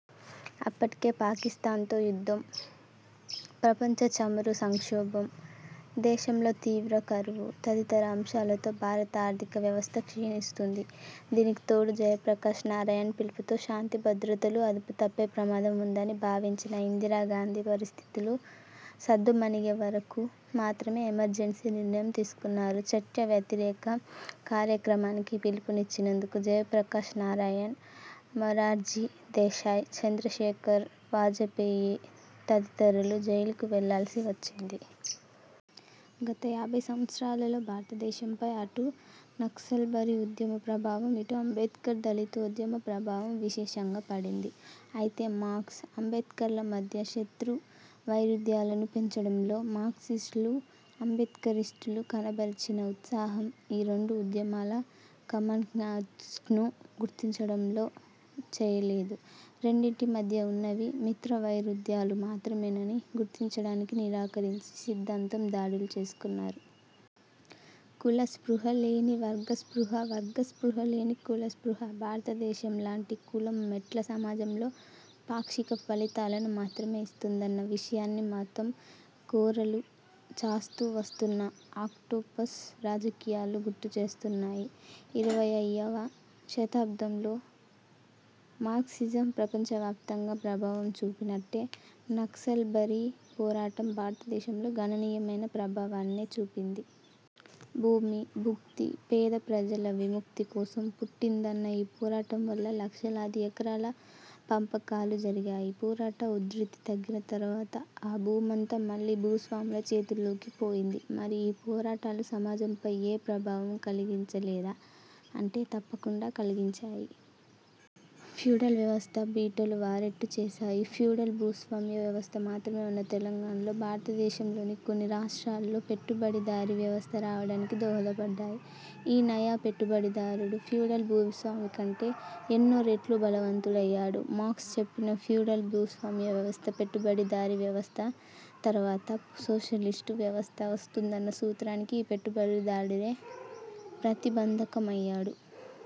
అప్పటికే, పాకిస్థాన్తో యుద్ధం, 'ప్రపంచ చమురు సంక్షోభం', దేశంలో తీవ్ర కరువు తదితర అంశాలతో భారత ఆర్థిక వ్యవస్థ క్షీణిస్తోంది. దీనికితోడు, జయప్రకాష్ నారాయణ్ పిలుపుతో శాంతిభద్రతలు అదుపు తప్పే ప్రమాదం వుందని భావించిన ఇందిరాగాంధీ పరిస్థితులు సద్దుమణిగేవరకు మాత్రమే ఎమర్జెన్సీ నిర్ణయం తీసుకున్నారు. చట్టవ్యతిరేక కార్యక్రమానికి పిలుపునిచ్చినందుకు జయప్రకాష్ నారాయణ్, మొరార్జీ దేశాయ్, చంద్రశేఖర్, వాజపేయి తదితరులు జైలుకు వెళ్ళాల్సివచ్చింది. గత యాభై సంవత్సరాలలో భారతదేశంపై అటు నక్సల్బరి ఉద్యమ ప్రభావం, ఇటు అంబేద్కర్ దళితోద్యమ ప్రభావం విశేషంగా పడింది. అయితే మార్క్స్, అంబేద్కర్ల మధ్య శత్రువైరుధ్యాలను పెంచడంలో మార్క్సిస్టులు, అంబేద్కరిస్టులు కనబరిచిన ఉత్సాహం ఈ రెండు ఉద్యమాల కామన్కాజ్ను గుర్తించడంలో చేయలేదు. రెండింటి మధ్య ఉన్నవి మిత్రవైరుధ్యాలు మాత్రమేనని గుర్తించడానికి నిరాకరించి సిద్ధాంత దాడులు చేసుకున్నారు. కుల స్పృహలేని వర్గ స్పృహ, వర్గ స్పృహ లేని కుల స్పృహ భారతదేశంలాంటి కులం మెట్ల సమాజంలో పాక్షిక ఫలితాలను మాత్రమే ఇస్తుందన్న విషయాన్ని, మతం కోరలు చాస్తూ వస్తున్న ఆక్టోపస్ రాజకీయాలు గుర్తుచేస్తున్నాయి. ఇరవయ్యవ శతాబ్దంలో మార్క్సిజం ప్రపంచవ్యాప్తంగా ప్రభావం చూపినట్టే నక్సల్బరీ పోరాటం భారతదేశంలో గణనీయమైన ప్రభావాన్నే చూపింది. భూమి, భుక్తి, పేద ప్రజల విముక్తి కోసం పుట్టిందన్న ఈ పోరాటం వల్ల లక్షలాది ఎకరాల పంపకాలూ జరిగాయి. పోరాట ఉధృతి తగ్గినతర్వాత ఆ భూమంతా మళ్ళీ భూస్వాముల చేతుల్లోకి పోయింది. మరి, ఈ పోరాటాలు సమాజంపై ఏ ప్రభావమూ కలిగించ లేదా అంటే తప్పకుండా కల్గించాయి. ఫ్యూడల్ వ్యవస్థ బీటలు వారేట్టు చేసాయి. ఫ్యూడల్, భూస్వామ్య వ్యవస్థ మాత్రమే ఉన్న తెలంగాణలో, భారతదేశంలోని కొన్ని రాష్ట్రాల్లో పెట్టుబడిదారీ వ్యవస్థ రావడానికి దోహదపడ్డాయి. ఈ నయా పెట్టుబడిదారుడు ఫ్యూడల్ భూస్వామికంటే ఎన్నో రెట్లు బలవంతుడయ్యాడు. మార్క్స్ చెప్పిన ఫ్యూడల్, భూస్వామ్య వ్యవస్థ, పెట్టుబడిదారీ వ్యవస్థ తర్వాత సోషలిస్టు వ్యవస్థ వస్తుందన్న సూత్రానికి ఈ పెట్టుబడి దారుడే ప్రతిబంధకమయ్యాడు.